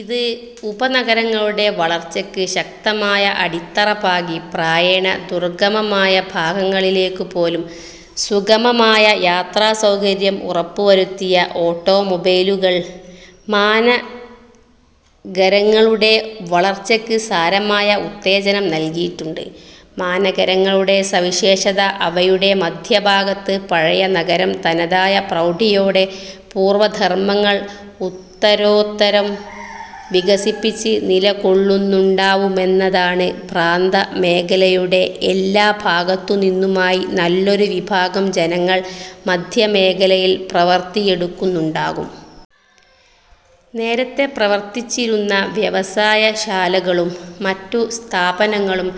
ഇത് ഉപനഗരങ്ങളുടെ വളർച്ചയ്ക്ക് ശക്തമായ അടിത്തറ പാകി. പ്രായേണ ദുർഗമമായ ഭാഗങ്ങളിലേക്കുപോലും സുഗമമായ യാത്രാസൌകര്യം ഉറപ്പുവരുത്തിയ ഓട്ടോമൊബൈലുകൾ മാനഗരങ്ങളുടെ വളർച്ചയ്ക്ക് സാരമായ ഉത്തേജനം നല്കിയിട്ടുണ്ട്. മാനഗരങ്ങളുടെ സവിശേഷത അവയുടെ മധ്യഭാഗത്ത് പഴയ നഗരം തനതായ പ്രൗഢിയോടെ പൂർവധർമങ്ങൾ ഉത്തരോത്തരം വികസിപ്പിച്ച് നിലകൊള്ളുന്നുണ്ടാവുമെന്നതാണ്. പ്രാന്തമേഖലയുടെ എല്ലാ ഭാഗത്തുനിന്നുമായി നല്ലൊരു വിഭാഗം ജനങ്ങൾ മധ്യമേഖലയിൽ പ്രവൃത്തിയെടുക്കുന്നുണ്ടാകും. നേരത്തേ പ്രവർത്തിച്ചിരുന്ന വ്യവസായശാലകളും മറ്റു സ്ഥാപനങ്ങളും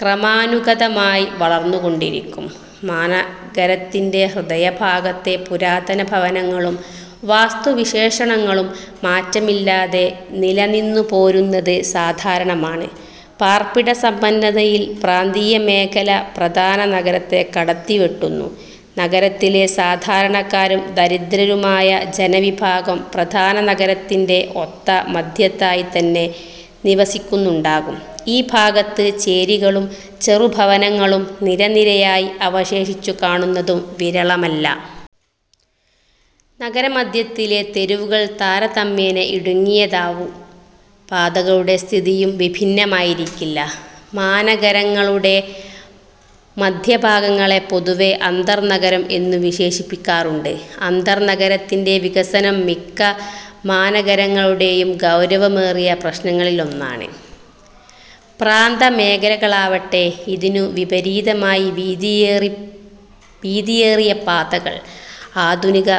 ക്രമാനുഗതമായി വളർന്നുകൊണ്ടിരിക്കും. മാനഗരത്തിന്റെ ഹൃദയഭാഗത്തെ പുരാതന ഭവനങ്ങളും വാസ്തുവിശേഷങ്ങളും മാറ്റമില്ലാതെ നിലനിന്നുപോരുന്നത് സാധാരണമാണ്. പാർപ്പിട സമ്പന്നതയിൽ പ്രാന്തീയമേഖല പ്രധാന നഗരത്തെ കടത്തിവെട്ടുന്നു. നഗരത്തിലെ സാധാരണക്കാരും ദരിദ്രരുമായ ജനവിഭാഗം പ്രധാന നഗരത്തിന്റെ ഒത്ത മധ്യത്തായിത്തന്നെ നിവസിക്കുന്നുണ്ടാവും. ഈ ഭാഗത്ത് ചേരികളും ചെറുഭവനങ്ങളും നിരനിരയായി അവശേഷിച്ചുകാണുന്നതും വിരളമല്ല. നഗരമധ്യത്തിലെ തെരുവുകൾ താരതമ്യേന ഇടുങ്ങിയവയാവും. പാതകളുടെ സ്ഥിതിയും വിഭിന്നമായിരിക്കില്ല. മാനഗരങ്ങളുടെ മധ്യഭാഗങ്ങളെ പൊതുവേ അന്തർനഗരം എന്നു വിശേഷിപ്പിക്കാറുണ്ട്. അന്തർനഗരത്തിന്റെ വികസനം മിക്ക മാനഗരങ്ങളുടെയും ഗൗരവമേറിയ പ്രശ്നങ്ങളിലൊന്നാണ്. പ്രാന്തമേഖലകളാവട്ടെ, ഇതിനു വിപരീതമായി വീതിയേറിയപാതകൾ, ആധുനിക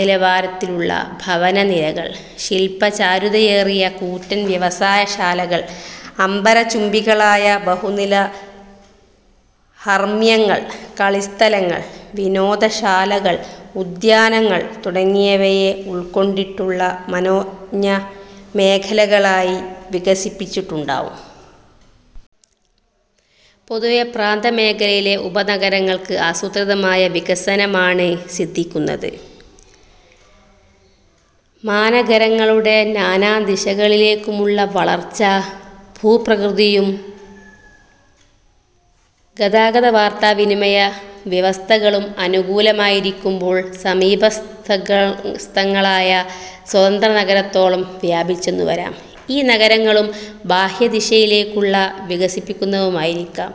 നിലവാരത്തിലുള്ള ഭവനനിരകൾ, ശില്പചാരുതയേറിയ കൂറ്റൻ വ്യവസായശാലകൾ, അംബരചുംബികളായ ബഹുനിലഹർമ്മ്യങ്ങൾ, കളിസ്ഥലങ്ങൾ, വിനോദശാലകൾ, ഉദ്യാനങ്ങൾ തുടങ്ങിയവയെ ഉൾക്കൊണ്ടിട്ടുള്ള മനോജ്ഞമേഖലകളായി വികസിച്ചിട്ടുണ്ടാവും. പൊതുവേ, പ്രാന്തമേഖലയിലെ ഉപനഗരങ്ങൾക്ക് ആസൂത്രിതമായ വികസനമാണ് സിദ്ധിക്കുന്നത്. മാനഗരങ്ങളുടെ നാനാദിശകളിലേക്കുമുള്ള വളർച്ച, ഭൂപ്രകൃതിയും ഗതാഗത-വാർത്താവിനിമയ വ്യവസ്ഥകളും അനുകൂലമായിരിക്കുമ്പോൾ സമീപസ്ഥങ്ങളായ സ്വതന്ത്രനഗരങ്ങളോളം വ്യാപിച്ചെന്നു വരാം; ഈ നഗരങ്ങളും ബാഹ്യദിശകളിലേക്കു വികസിക്കുന്നവയായിരിക്കാം.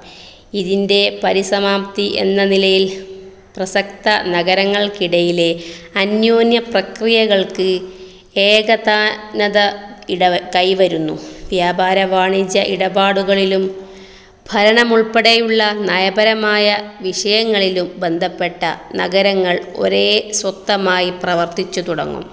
ഇതിന്റെ പരിസമാപ്തി എന്ന നിലയിൽ പ്രസക്ത നഗരങ്ങൾക്കിടയിലെ അന്യോന്യപ്രക്രിയകൾക്ക് ഏകതാനത കൈവരുന്നു. വ്യാപാര വാണിജ്യ ഇടപാടുകളിലും ഭരണമുൾപ്പെടെയുള്ള നയപരമായ വിഷയങ്ങളിലും ബന്ധപ്പെട്ട നഗരങ്ങൾ ഒരേ സ്വത്തമായി പ്രവർത്തിച്ചുതുടങ്ങും.